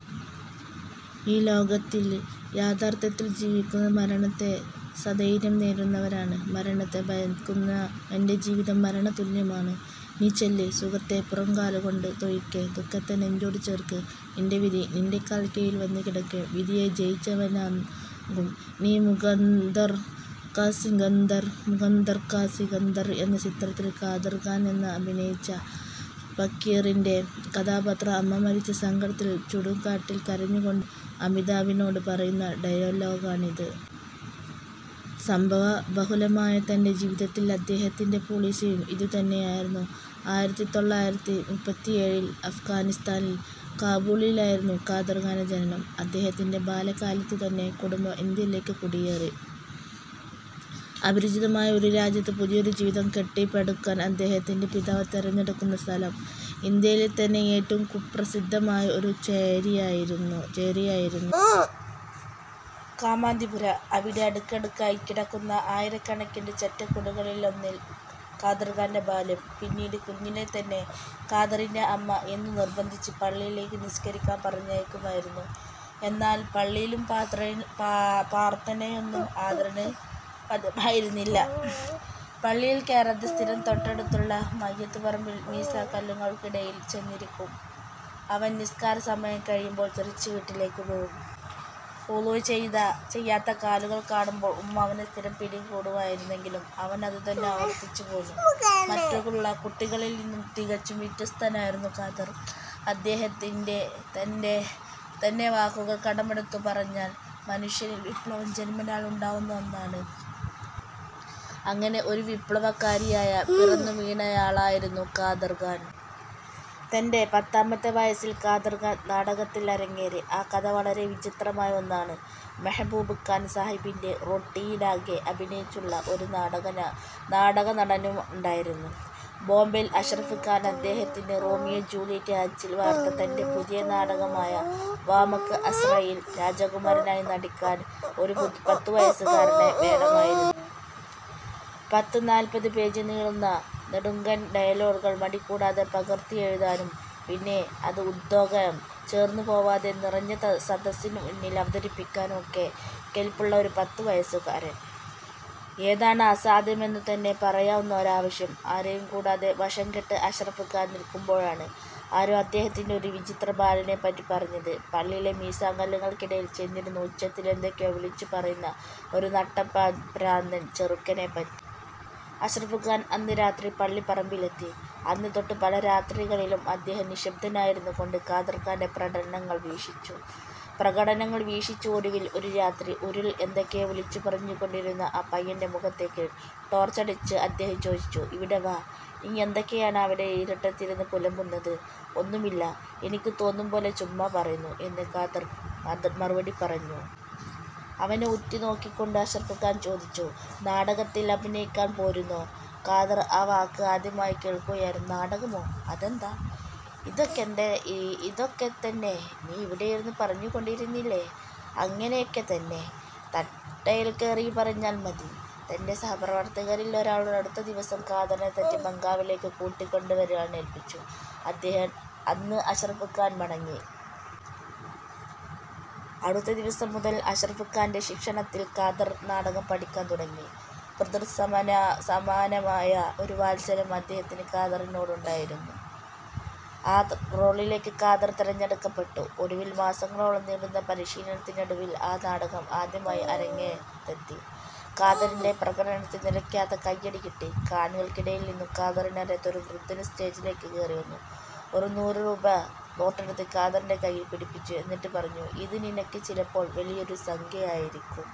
ഈ ലോകത്തില്‍ യഥാര്‍ത്ഥത്തിൽ ജീവിക്കുന്നത് മരണത്തെ സധൈര്യം നേരിടുന്നവരാണ്. മരണത്തെ ഭയക്കുന്നവന്റെ ജീവിതം മരണതുല്യമാണ്. നീ ചെല്ല് സുഖത്തെ പുറംകാലുകൊണ്ട് തൊഴിക്ക്. ദു:ഖത്തെ നെഞ്ചോട് ചേര്‍ക്ക് നിന്‍റെ വിധി നിന്‍റെ കാൽ കീഴിൽ വന്നുകിടക്കും വിധിയെ ജയിച്ചവനാവും നീ മുകദ്ദർ കാ സിക്കന്ദർ ' മുകദ്ദർ കാ സികന്ദർ എന്ന ചിത്രത്തില്‍ കാദർ ഖാൻ തന്നെ അഭിനയിച്ച ഫക്കീറിന്റെ കഥാപാത്രം അമ്മ മരിച്ച സങ്കടത്തില്‍ ചുടുകാട്ടിൽ കരഞ്ഞുകൊണ്ടിരുന്ന കുഞ്ഞ് അമിതാഭിനോട് പറയുന്ന ഡയലോഗാണിത്. സംഭവ ബഹുലമായ തന്‍റെ ജീവിതത്തില്‍ അദ്ദേഹത്തിന്‍റെ പോളിസിയും ഇതുതന്നെയായിരുന്നു. ആയിരത്തിത്തൊള്ളായിരത്തിമൂപ്പത്തിഏഴിൽ അഫ്ഗാനിസ്ഥാനില്‍ കാബൂളിലായിരുന്നു കാദർ ഖാന്‍റെ ജനനം. അദ്ദേഹത്തിന്‍റെ ബാല്യകാലത്തുതന്നെ കുടുംബം ഇന്ത്യയിലേക്ക് കുടിയേറി. അപരിചിതമായ ഒരു രാജ്യത്ത് പുതിയൊരു ജീവിതം കെട്ടിപ്പടുക്കാന്‍ അദ്ദേഹത്തിന്‍റെ പിതാവ് തിരഞ്ഞെടുത്ത സ്ഥലം, ഇന്ത്യയിലെ തന്നെ ഏറ്റവും കുപ്രസിദ്ധമായ ഒരു ചേരിയായിരുന്നു. കാമാത്തിപുര. അവിടെ അടുക്കടുക്കായി കിടക്കുന്ന ആയിരക്കണക്കിന് ചെറ്റക്കുടിലുകളിലൊന്നിൽ കാദര്ഖാന്റെ ബാല്യം പിന്നിട്ടു. കുഞ്ഞിലേ തന്നെ, കാദറിനെ അമ്മ എന്നും നിർബന്ധിച്ച് പള്ളിയിലേക്ക് നിസ്കരിക്കാൻ പറഞ്ഞയക്കുമായിരുന്നു. എന്നാൽ പള്ളിയും പ്രാർത്ഥനയുമൊന്നും കാദറിന് പഥ്യമായിരുന്നില്ല. പള്ളിയിൽ കേറാതെ സ്ഥിരം തൊട്ടടുത്തുള്ള മയ്യത്തുപറമ്പിൽ മീസാങ്കല്ലുകൾക്കിടയിൽ ചെന്നിരിക്കും അവൻ. നിസ്കാര സമയം കഴിയുമ്പോൾ തിരിച്ചു വീട്ടിലേക്കു പോവും. വുളു ചെയ്യാത്ത കാലുകൾ കാണുമ്പൊൾ ഉമ്മ അവനെ സ്ഥിരം പിടികൂടുമായിരുന്നെങ്കിലും അവൻ അതുതന്നെ ആവർത്തിച്ചുപോന്നു. മറ്റുള്ള കുട്ടികളിൽ നിന്നും തികച്ചും വ്യത്യസ്തനായിരുന്നു കാദർ. അദ്ദേഹത്തിന്‍റെ തന്നെ വാക്കുകൾ കടമെടുത്തു പറഞ്ഞാൽ, ' മനുഷ്യനിൽ വിപ്ലവം ജന്മനാൽ ഉണ്ടാവുന്ന ഒന്നാണ്. അങ്ങനെ ഒരു വിപ്ലവകാരിയായ പിറന്നുവീണയാളായിരുന്നു കാദർ ഖാൻ. തന്‍റെ പത്താമത്തെ വയസ്സിൽ കാദർ ഖാൻ നാടകത്തിൽ അരങ്ങേറി. ആ കഥ വളരെ വിചിത്രമായ ഒന്നാണ് '. മെഹ്ബൂബ് ഖാൻ സാഹിബിന്‍റെ ' റോട്ടി'യിലൊക്കെ അഭിനയിച്ചിട്ടുള്ള ഒരു നാടകനടനുണ്ടായിരുന്നു ബോംബെയിൽ, അഷ്റഫ് ഖാൻ. അദ്ദേഹത്തിന് റോമിയോ ജൂലിയറ്റ് അച്ചിൽ വാർത്ത തന്‍റെ പുതിയ നാടകമായ ' വാമക് അസ്ര'യിൽ രാജകുമാരനായി നടിക്കാൻ ഒരു പത്തുവയസുകാരനെ വേണമായിരുന്നു. പത്തുനാല്പതു പേജ് നീളുന്ന നെടുങ്കൻ ഡയലോഗുകൾ മടി കൂടാതെ പകർത്തിയെഴുതാനും, പിന്നെ അത് ഉദ്വേഗം ചോർന്നുപോവാതെ നിറഞ്ഞ സദസ്സിനുമുന്നിൽ അവതരിപ്പിക്കാനും ഒക്കെ കെല്പുള്ള ഒരു പത്തുവയസ്സുകാരൻ. ഏതാണ് അസാധ്യമെന്നുതന്നെ പറയാവുന്ന ഒരാവശ്യം. ആരെയും കുടാതെ വശംകെട്ട് അഷ്റഫ് ഖാൻ നിൽക്കുമ്പോഴാണ് ആരോ അദ്ദേഹത്തോട് ഒരു വിചിത്ര ബാലനെപ്പറ്റി പറഞ്ഞത്, പള്ളിയിലെ മീസാങ്കല്ലുകൾക്കിടയിൽ ചെന്നിരുന്ന് ഉച്ചത്തിൽ എന്തൊക്കെയോ വിളിച്ചു പറയുന്ന ഒരു നട്ടപ്രാന്തൻ ചെറുക്കനെപ്പറ്റി. അഷ്റഫ് ഖാൻ അന്ന് രാത്രി പള്ളിപ്പറമ്പിലെത്തി. അന്നുതൊട്ട് പല രാത്രികളിലും അദ്ദേഹം നിശ്ശബ്ദനായിരുന്നുകൊണ്ട് കാദര്ഖാന്റെ പ്രകടനങ്ങള് വീക്ഷിച്ചു. ഒടുവില്‍ ഒരു രാത്രി ഇരുളില്‍ എന്തൊക്കെയോ വിളിച്ചുപറഞ്ഞുകൊണ്ടിരുന്ന ആ പയ്യന്‍റെ മുഖത്തേക്ക് ടോര്‍ച്ചടിച്ച് അദ്ദേഹം ചോദിച്ചു, ' ഇവിടെ വാ നീയെന്തൊക്കെയാണ് അവിടെ ഇരുട്ടത്തിരുന്ന് പുലമ്പുന്നത്? ' ഒന്നുമില്ല എനിക്ക് തോന്നുംപോലെ ചുമ്മാ പറയുന്നു ' എന്ന് കാദർ മറുപടി പറഞ്ഞു. അവനെ ഉറ്റുനോക്കിക്കൊണ്ട് അഷ്റഫ് ഖാൻ ചോദിച്ചു, ' നാടകത്തില്‍ അഭിനയിക്കാന്‍ പോരുന്നോ? ' കാദർ ആ വാക്ക് ആദ്യമായി കേള്‍ക്കുകയായിരുന്നു. ' നാടകമോ? അതെന്താ? '' ഇതൊക്കെത്തന്നെ നീ ഇവിടെയിരുന്ന് പറഞ്ഞുകൊണ്ടിരുന്നില്ലേ, അങ്ങനെയൊക്കെത്തന്നെ തട്ടേൽക്കേറിയും പറഞ്ഞാല്‍ മതി. ' തന്‍റെ സഹപ്രവര്‍ത്തകരില്‍ ഒരാളോട് അടുത്ത ദിവസം കാദറിനെ തന്‍റെ ബംഗ്ലാവിലേക്ക് കൂട്ടിക്കൊണ്ടുവരാനേല്പ്പിച്ച് അന്ന് അഷ്റഫ് ഖാൻ മടങ്ങി. അടുത്ത ദിവസം മുതല്‍ അഷ്റഫ് ഖാന്‍റെ ശിക്ഷണത്തില്‍ കാദർ നാടകം പഠിക്കാന്‍ തുടങ്ങി. പിതൃസമാനമായ ഒരു വാത്സല്യം അദ്ദേഹത്തിന് കാദറിനോടുണ്ടായിരുന്നു. ആ റോളിലേക്ക് കാദർ തെരഞ്ഞെടുക്കപ്പെട്ടു. ഒടുവില്‍ മാസങ്ങളോളം നീണ്ടുനിന്ന പരിശീലനത്തിനൊടുവിൽ ആ നാടകം ആദ്യമായി അരങ്ങത്തെത്തി. കാദറിന്റെ പ്രകടനത്തിന് നിലയ്ക്കാത്ത കയ്യടി കിട്ടി. കാണികള്‍ക്കിടയില്‍ നിന്നും കാദറിനറിയാത്ത ഒരു വൃദ്ധന് സ്റ്റേജിലേക്ക് കേറി വന്ന് ഒരു നൂറു രൂപാ നോട്ടെടുത്ത് കാദറിന്റെ കയ്യില്‍ പിടിപ്പിച്ചു. എന്നിട്ടുപറഞ്ഞു, ' ഇത് നിനക്ക് ചിലപ്പോള്‍ വലിയൊരു സംഖ്യയായിരിക്കും.